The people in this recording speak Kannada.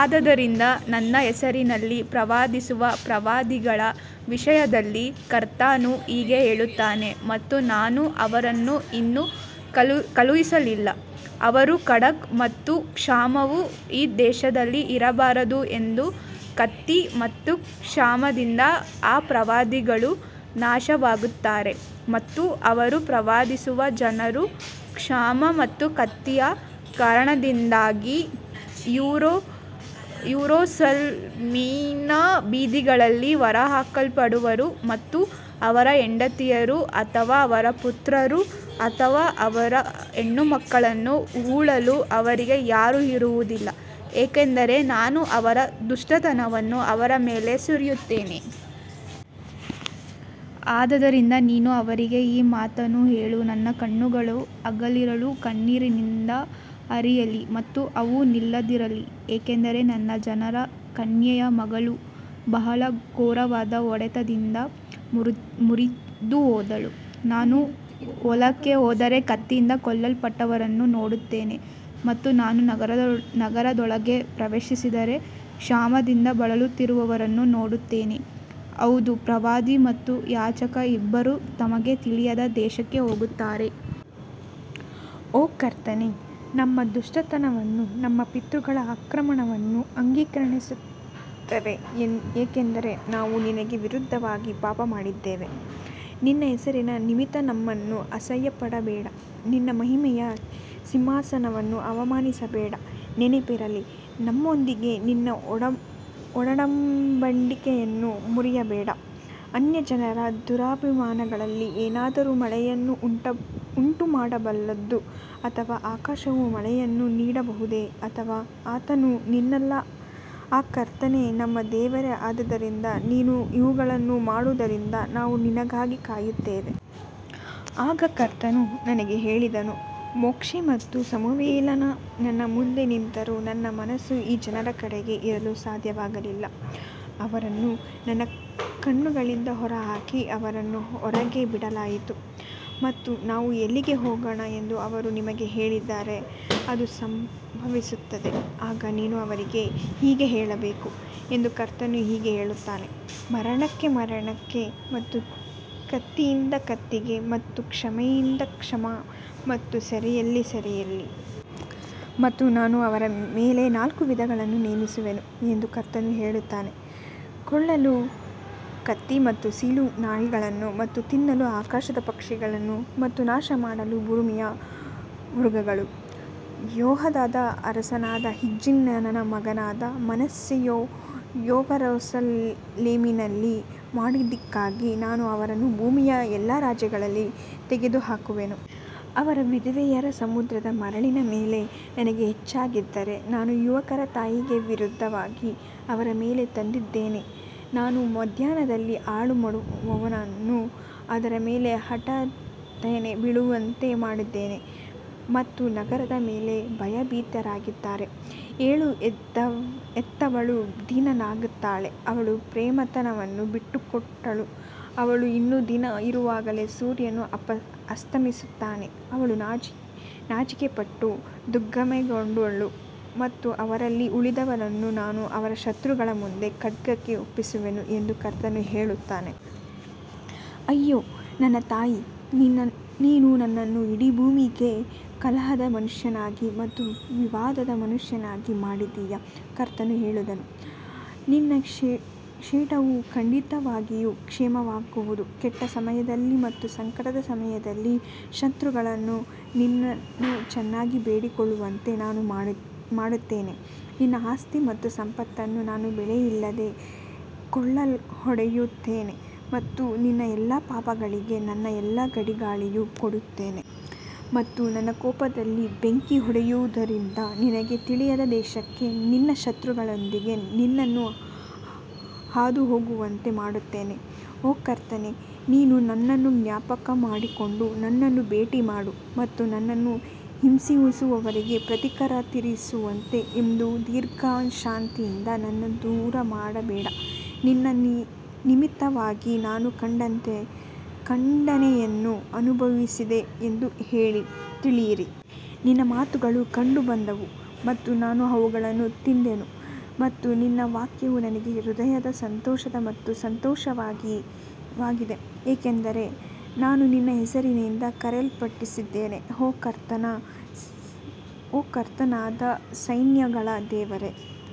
ಆದದರಿಂದ ನನ್ನ ಹೆಸರಿನಲ್ಲಿ ಪ್ರವಾದಿಸುವ ಪ್ರವಾದಿಗಳ ವಿಷಯದಲ್ಲಿ ಕರ್ತನು ಹೀಗೆ ಹೇಳುತ್ತಾನೆ ಮತ್ತು ನಾನು ಅವರನ್ನು ಇನ್ನೂ ಕಳುಹಿಸಲಿಲ್ಲ ಅವರು ಖಡ್ಗ ಮತ್ತು ಕ್ಷಾಮವು ಈ ದೇಶದಲ್ಲಿ ಇರಬಾರದು ಎಂದು ಕತ್ತಿ ಮತ್ತು ಕ್ಷಾಮದಿಂದ ಆ ಪ್ರವಾದಿಗಳು ನಾಶವಾಗುತ್ತಾರೆ. ಮತ್ತು ಅವರು ಪ್ರವಾದಿಸುವ ಜನರು ಕ್ಷಾಮ ಮತ್ತು ಕತ್ತಿಯ ಕಾರಣದಿಂದಾಗಿ ಯೆರೂಸಲೇಮಿನ ಬೀದಿಗಳಲ್ಲಿ ಹೊರಹಾಕಲ್ಪಡುವರು ಮತ್ತು ಅವರ ಹೆಂಡತಿಯರು ಅಥವಾ ಅವರ ಪುತ್ರರು ಅಥವಾ ಅವರ ಹೆಣ್ಣುಮಕ್ಕಳನ್ನು ಹೂಳಲು ಅವರಿಗೆ ಯಾರೂ ಇರುವುದಿಲ್ಲ ಏಕೆಂದರೆ ನಾನು ಅವರ ದುಷ್ಟತನವನ್ನು ಅವರ ಮೇಲೆ ಸುರಿಯುತ್ತೇನೆ. ಆದದರಿಂದ ನೀನು ಅವರಿಗೆ ಈ ಮಾತನ್ನು ಹೇಳು ನನ್ನ ಕಣ್ಣುಗಳು ಹಗಲಿರುಳು ಕಣ್ಣೀರಿನಿಂದ ಹರಿಯಲಿ ಮತ್ತು ಅವು ನಿಲ್ಲದಿರಲಿ ಏಕೆಂದರೆ ನನ್ನ ಜನರ ಕನ್ಯೆಯ ಮಗಳು ಬಹಳ ಘೋರವಾದ ಹೊಡೆತದಿಂದ ಮುರಿದುಹೋದಳು. ನಾನು ಹೊಲಕ್ಕೆ ಹೋದರೆ ಕತ್ತಿಯಿಂದ ಕೊಲ್ಲಲ್ಪಟ್ಟವರನ್ನು ನೋಡುತ್ತೇನೆ ಮತ್ತು ನಾನು ನಗರದೊಳಗೆ ಪ್ರವೇಶಿಸಿದರೆ ಕ್ಷಾಮದಿಂದ ಬಳಲುತ್ತಿರುವವರನ್ನು ನೋಡುತ್ತೇನೆ ಹೌದು ಪ್ರವಾದಿ ಮತ್ತು ಯಾಜಕ ಇಬ್ಬರೂ ತಮಗೆ ತಿಳಿಯದ ದೇಶಕ್ಕೆ ಹೋಗುತ್ತಾರೆ. ಓ ಕರ್ತನೇ ನಮ್ಮ ದುಷ್ಟತನವನ್ನೂ ನಮ್ಮ ಪಿತೃಗಳ ಅಕ್ರಮವನ್ನೂ ಅಂಗೀಕರಿಸುತ್ತೇವೆ ಏಕೆಂದರೆ ನಾವು ನಿನಗೆ ವಿರುದ್ಧವಾಗಿ ಪಾಪಮಾಡಿದ್ದೇವೆ. ನಿನ್ನ ಹೆಸರಿನ ನಿಮಿತ್ತ ನಮ್ಮನ್ನು ಅಸಹ್ಯಪಡಬೇಡ ನಿನ್ನ ಮಹಿಮೆಯ ಸಿಂಹಾಸನವನ್ನು ಅವಮಾನಿಸಬೇಡ ನೆನಪಿರಲಿ ನಮ್ಮೊಂದಿಗೆ ನಿನ್ನ ಒಡಂಬಡಿಕೆಯನ್ನು ಮುರಿಯಬೇಡ. ಅನ್ಯಜನರ ದುರಭಿಮಾನಗಳಲ್ಲಿ ಏನಾದರೂ ಮಳೆಯನ್ನು ಉಂಟುಮಾಡಬಲ್ಲದು ಅಥವಾ ಆಕಾಶವು ಮಳೆಯನ್ನು ನೀಡಬಹುದೇ ಅಥವಾ ಆತನು ನೀನಲ್ಲ ಓ ಕರ್ತನೇ ನಮ್ಮ ದೇವರೇ ಆದ್ದರಿಂದ ನೀನು ಇವುಗಳನ್ನು ಮಾಡಿದ್ದರಿಂದ ನಾವು ನಿನಗಾಗಿ ಕಾಯುತ್ತೇವೆ. ಆಗ ಕರ್ತನು ನನಗೆ ಹೇಳಿದನು ಮೋಶೆ ಮತ್ತು ಸಮುವೇಲರು ನನ್ನ ಮುಂದೆ ನಿಂತರೂ ನನ್ನ ಮನಸ್ಸು ಈ ಜನರ ಕಡೆಗೆ ಇರಲು ಸಾಧ್ಯವಾಗಲಿಲ್ಲ ಅವರನ್ನು ನನ್ನ ಕಣ್ಣುಗಳಿಂದ ಹೊರಹಾಕಿ ಅವರನ್ನು ಹೊರಗೆ ಬಿಡಲಾಯಿತು. ಮತ್ತು ನಾವು ಎಲ್ಲಿಗೆ ಹೋಗೋಣ ಎಂದು ಅವರು ನಿಮಗೆ ಹೇಳಿದರೆ ಅದು ಸಂಭವಿಸುತ್ತದೆ ಆಗ ನೀನು ಅವರಿಗೆ ಹೀಗೆ ಹೇಳಬೇಕು ಎಂದು ಕರ್ತನು ಹೀಗೆ ಹೇಳುತ್ತಾನೆ ಮರಣಕ್ಕೆ ಮರಣಕ್ಕೆ ಮತ್ತು ಕತ್ತಿಯಿಂದ ಕತ್ತಿಗೆ ಮತ್ತು ಕ್ಷಾಮಕ್ಕೆ ಕ್ಷಾಮ ಮತ್ತು ಸೆರೆಯಲ್ಲಿ ಸೆರೆಯಲ್ಲಿ. ಮತ್ತು ನಾನು ಅವರ ಮೇಲೆ ನಾಲ್ಕು ವಿಧಗಳನ್ನು ನೇಮಿಸುವೆನು ಎಂದು ಕರ್ತನು ಹೇಳುತ್ತಾನೆ ಕೊಲ್ಲಲು ಕತ್ತಿ ಮತ್ತು ಸೀಳಲು ನಾಯಿಗಳು ಮತ್ತು ತಿನ್ನಲು ಆಕಾಶದ ಪಕ್ಷಿಗಳು ಮತ್ತು ನಾಶಮಾಡಲು ಭೂಮಿಯ ಮೃಗಗಳು. ಯೆಹೂದದ ಅರಸನಾದ ಹಿಜ್ಕೀಯನ ಮಗನಾದ ಮನಸ್ಸೆಯು ಯೆರೂಸಲೇಮಿನಲ್ಲಿ ಮಾಡಿದ್ದಕ್ಕಾಗಿ ನಾನು ಅವರನ್ನು ಭೂಮಿಯ ಎಲ್ಲಾ ರಾಜ್ಯಗಳಲ್ಲಿ ತೆಗೆದುಹಾಕುವೆನು. ಅವರ ವಿಧವೆಯರು ಸಮುದ್ರದ ಮರಳಿನ ಮೇಲೆ ನನಗೆ ಹೆಚ್ಚಾಗಿದ್ದಾರೆ ನಾನು ಯುವಕರ ತಾಯಿಗೆ ವಿರುದ್ಧವಾಗಿ ಅವರ ಮೇಲೆ ತಂದಿದ್ದೇನೆ ನಾನು ಮಧ್ಯಾಹ್ನದಲ್ಲಿ ಹಾಳುಮಾಡುವವನನ್ನು ಅದರ ಮೇಲೆ ಹಠಾತ್ತನೆ ಬೀಳುವಂತೆ ಮಾಡಿದ್ದೇನೆ ಮತ್ತು ನಗರದ ಮೇಲೆ ಭಯಭೀತರಾಗಿದ್ದಾರೆ. ಏಳು ಹೆತ್ತವಳು ದೀನಳಾಗುತ್ತಾಳೆ ಅವಳು ಪ್ರೇತವನ್ನು ಬಿಟ್ಟುಕೊಟ್ಟಳು ಅವಳು ಇನ್ನೂ ದಿನ ಇರುವಾಗಲೇ ಸೂರ್ಯನು ಅಸ್ತಮಿಸುತ್ತಾನೆ ಅವಳು ನಾಚಿಕೆಪಟ್ಟು ದಿಗ್ಭ್ರಮೆಗೊಂಡಳು ಮತ್ತು ಅವರಲ್ಲಿ ಉಳಿದವರನ್ನು ನಾನು ಅವರ ಶತ್ರುಗಳ ಮುಂದೆ ಖಡ್ಗಕ್ಕೆ ಒಪ್ಪಿಸುವೆನು ಎಂದು ಕರ್ತನು ಹೇಳುತ್ತಾನೆ. ಅಯ್ಯೋ ನನ್ನ ತಾಯಿ ನೀನು ನನ್ನನ್ನು ಇಡೀ ಭೂಮಿಗೆ ಕಲಹದ ಮನುಷ್ಯನಾಗಿ ಮತ್ತು ವಿವಾದದ ಮನುಷ್ಯನನ್ನಾಗಿ ಮಾಡಿದೀಯಾ ಕರ್ತನು ಹೇಳಿದನು ನಿನ್ನ ಶೇಷವು ಖಂಡಿತವಾಗಿಯೂ ಕ್ಷೇಮವಾಗುವುದು ಕೆಟ್ಟ ಸಮಯದಲ್ಲಿ ಮತ್ತು ಸಂಕಟದ ಸಮಯದಲ್ಲಿ ಶತ್ರುಗಳು ನಿನ್ನನ್ನು ಚೆನ್ನಾಗಿ ಬೇಡಿಕೊಳ್ಳುವಂತೆ ನಾನು ಮಾಡುತ್ತೇನೆ. ನಿನ್ನ ಆಸ್ತಿ ಮತ್ತು ಸಂಪತ್ತನ್ನು ನಾನು ಬೆಲೆಯಿಲ್ಲದೆ ಕೊಳ್ಳೆಹೊಡೆಯುತ್ತೇನೆ ಮತ್ತು ನಿನ್ನ ಎಲ್ಲಾ ಪಾಪಗಳಿಗಾಗಿ ನಿನ್ನ ಎಲ್ಲಾ ಗಡಿಗಳಲ್ಲಿಯೂ ಕೊಡುತ್ತೇನೆ. ಮತ್ತು ನನ್ನ ಕೋಪದಲ್ಲಿ ಬೆಂಕಿ ಹೊತ್ತಿಕೊಂಡಿರುವುದರಿಂದ ನಿನಗೆ ತಿಳಿಯದ ದೇಶಕ್ಕೆ ನಿನ್ನ ಶತ್ರುಗಳೊಂದಿಗೆ ನಿನ್ನನ್ನು ಹಾದುಹೋಗುವಂತೆ ಮಾಡುತ್ತೇನೆ. ಓ ಕರ್ತನೇ ನೀನು ನನ್ನನ್ನು ಜ್ಞಾಪಕಮಾಡಿಕೊಂಡು ನನ್ನನ್ನು ಭೇಟಿಮಾಡು ಮತ್ತು ನನ್ನನ್ನು ಹಿಂಸಿಸುವವರಿಗೆ ಪ್ರತೀಕಾರ ತೀರಿಸುವೆ ಎಂದು ನಿನ್ನ ದೀರ್ಘಶಾಂತಿಯಿಂದ ನನ್ನನ್ನು ದೂರಮಾಡಬೇಡ ನಿನ್ನ ನಿಮಿತ್ತವಾಗಿ ನಾನು ಖಂಡನೆಯನ್ನು ಅನುಭವಿಸಿದೆ ಎಂದು ತಿಳಿಯಿರಿ. ನಿನ್ನ ಮಾತುಗಳು ಕಂಡುಬಂದವು ಮತ್ತು ನಾನು ಅವುಗಳನ್ನು ತಿಂದೆನು ಮತ್ತು ನಿನ್ನ ವಾಕ್ಯವು ನನಗೆ ನನ್ನ ಹೃದಯದ ಸಂತೋಷ ಮತ್ತು ಸಂತೋಷವಾಗಿದೆ ಏಕೆಂದರೆ ನಾನು ನಿನ್ನ ಹೆಸರಿನಿಂದ ಕರೆಯಲ್ಪಟ್ಟಿದ್ದೇನೆ ಓ ಕರ್ತನಾದ ಸೈನ್ಯಗಳ ದೇವರೇ.